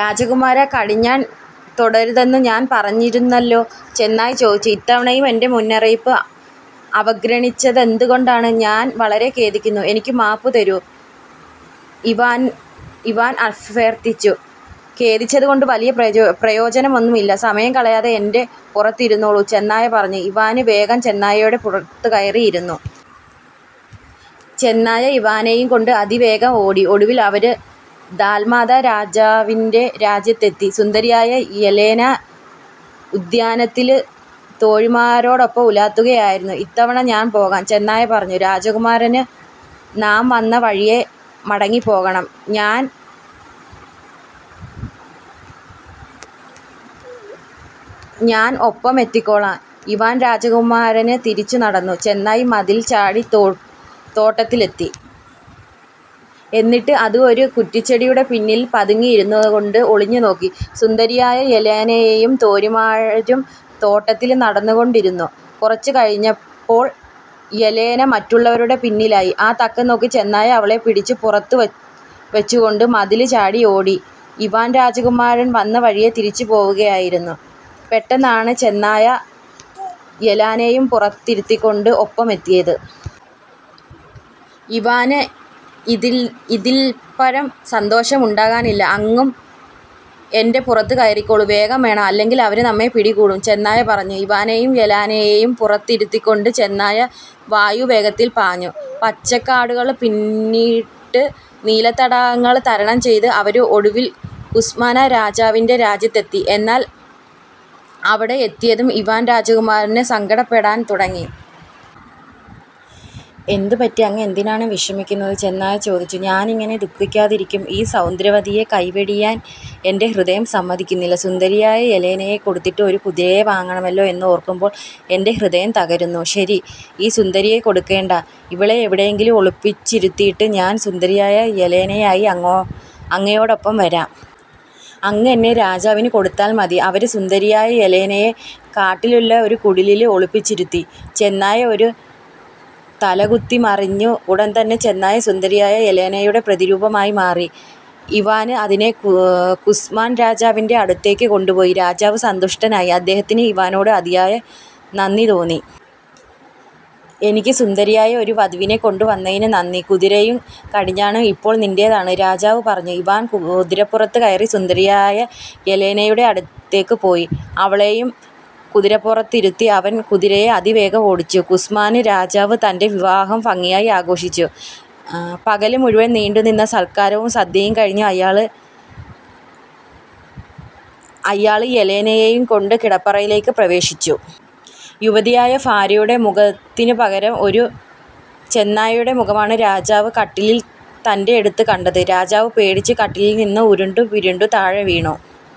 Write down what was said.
"രാജകുമാരാ, കടിഞ്ഞാണ് തൊടരുതെന്നു ഞാന് പറഞ്ഞിരുന്നല്ലോ! " ചെന്നായ് ചോദിച്ചു. "ഇത്തവണയും എന്റെ മുന്നറിയിപ്പ് അവഗ്രണിച്ചതെന്ത് കൊണ്ടാണ്? " "ഞാന് വളരെ ഖേദിക്കുന്നു. എനിക്കു മാപ്പുതരൂ. " ഇവാന് അഭ്യര്ത്ഥിച്ചു. "ഖേദിച്ചതുകൊണ്ടു വലിയ പ്രയോജനമൊന്നും ഇല്ല. സമയം കളയാതെ എന്റെ പുറത്തിരുന്നോളൂ" ചെന്നായ പറഞ്ഞു. ഇവാന് വേഗം ചെന്നായയുടെ പുറത്തു കയറി ഇരുന്നു. ചെന്നായ ഇവാനേയുംകൊണ്ടു അതിവേഗം ഓടി. ഒടുവില് അവര് ദാല്മാത രാജാവിന്റെ രാജ്യത്തെത്തി. സുന്ദരിയായ യെലേന ഉദ്യാനത്തില് തോഴിമാരോടൊപ്പം ഉലാത്തുകയായിരുന്നു. "ഇത്തവണ ഞാന് പോകാം" ചെന്നായ പറഞ്ഞു. "രാജകുമാരന് നാം വന്ന വഴിയെ മടങ്ങിപ്പോകണം. ഞാന് ഒപ്പമെത്തിക്കോളാം. " ഇവാന് രാജകുമാരന് തിരിച്ചു നടന്നു. ചെന്നായ് മതില് ചാടി തോട്ടത്തിലെത്തി. എന്നിട്ട് അത് ഒരു കുററിച്ചെടിയുടെ പിന്നില് പതുങ്ങിയിരുന്നു കൊണ്ട് ഒളിഞ്ഞുനോക്കി. സുന്ദരിയായ യെലേനയും തോഴിമാരും തോട്ടത്തില് നടന്നുകൊണ്ടിരുന്നു. കുറച്ചുകഴിഞ്ഞപ്പോള് യെലേന മററുള്ളവരുടെ പിന്നിലായി. ആ തക്കംനോക്കി ചെന്നായ അവളെ പിടിച്ച് പുറത്തു വച്ചുകൊണ്ടു മതില് ചാടി ഓടി. ഇവാന് രാജകുമാരന് വന്നവഴിയെ തിരിച്ചുപോവുകയായിരുന്നു. പെട്ടെന്നാണ് ചെന്നായ യെലേനയേയും പുറത്തിരുത്തിക്കൊണ്ട് ഒപ്പമെത്തിയത്. ഇവാന് ഇതില്പ്പരം സന്തോഷം ഉണ്ടാകാനില്ല! "അങ്ങും എന്റെപുറത്തു കയറിക്കോളൂ. വേഗം വേണം. അല്ലെങ്കില് അവര് നമ്മെ പിടികൂടും" ചെന്നായ പറഞ്ഞു. ഇവാനെയും യെലേനയേയും പുറത്തിരുത്തിക്കൊണ്ട് ചെന്നായ വായുവേഗത്തില് പാഞ്ഞു. പച്ചക്കാടുകള് പിന്നിട്ട് നീലത്തടാകങ്ങള് തരണം ചെയ്ത് അവര് ഒടുവില് കുസ്മാന് രാജാവി െറ രാജ്യത്തെത്തി. എന്നാല് അവിടെയെത്തിയതും ഇവാന് രാജകുമാരന് സങ്കടപ്പെടാന് തുടങ്ങി. "എന്തു പറ്റി? അങ്ങേന്തിനാണ് വിഷമിക്കുന്നത്? " ചെന്നായ ചോദിച്ചു. "ഞാനെങ്ങിനെ ദുഃഖിക്കാതിരിക്കും? ഈ സൌന്ദര്യവതിയെ കൈവെടിയാന് എന്റെ ഹൃദയം സമ്മതിക്കുന്നില്ല. സുന്ദരിയായ യെലേനയെ കൊടുത്തിട്ട് ഒരു കുതിരയെ വാങ്ങണമല്ലോ എന്നോര്ക്കുമ്പോള് എന്റെ ഹൃദയം തകരുന്നു. " "ശരി. ഈ സുന്ദരിയെ കൊടുക്കേണ്ട. ഇവളെ എവിടെയെങ്കിലും ഒളിച്ചിരുത്തിയിട്ട് ഞാന് സുന്ദരിയായ യെലേനയായി അങ്ങയോടൊപ്പം വരാം. അങ്ങ് എന്നെ രാജാവിന് കൊടുത്താല് മതി. " അവര് സുന്ദരിയായ യെലേനയെ കാട്ടിലുള്ള ഒരു കുടിലില് ഒളിപ്പിച്ചിരുത്തി. ചെന്നായ ഒന്നു തലകുത്തിമറിഞ്ഞു. ഉടന്തന്നെ ചെന്നായ സുന്ദരിയായ യെലേനയുടെ പ്രതിരൂപമായി മാറി! ഇവാന് അതിനെ കുസ്മാന് രാജാവിന്റെ അടുത്തേയ്ക്ക് കൊണ്ടുപോയി. രാജാവ് സന്തുഷ്ടനായി. അദ്ദേഹത്തിന് ഇവാനോട് അതിയായ നന്ദി തോന്നി. "എനിക്ക് സുന്ദരിയായ' ഒരു വധുവിനെ കൊണ്ടുവന്നതിനു നന്ദി. കുതരയും കടിഞ്ഞാണും ഇപ്പോള് നിന്റേതാണ്! " രാജാവു പറഞ്ഞു ഇവാന് കുതിരപ്പുറത്തു കയറി സുന്ദരിയായ യെലേനയുടെ അടുത്തേക്കു പോയി. അവളേയും കതിരപ്പുറത്തിരുത്തി അവന് കുതിരയെ അതിവേഗം ഓടിച്ചു. കുസ്മാന് രാജാവ് തന്റെ വിവാഹം ഭംഗിയായി ആഘോഷിച്ചു. പകല് മുഴുവന് നീണ്ടുനിന്ന സല്ക്കാരവും സദ്യയും കഴിഞ്ഞു അയാള് യെലേനയേയും കൊണ്ടു കിടപ്പറയില് പ്രവേശിച്ചു. യുവതിയായ ഭാര്യയുടെ മുഖത്തിനു പകരം ഒരു ചെന്നായുടെ മുഖമാണ് രാജാവ് കട്ടിലില് തന്റെയടുത്ത് കണ്ടത്. രാജാവ് പേടിച്ചു കട്ടിലില്നിന്നും ഉരുണ്ടു പിരണ്ടു താഴെ വീണു.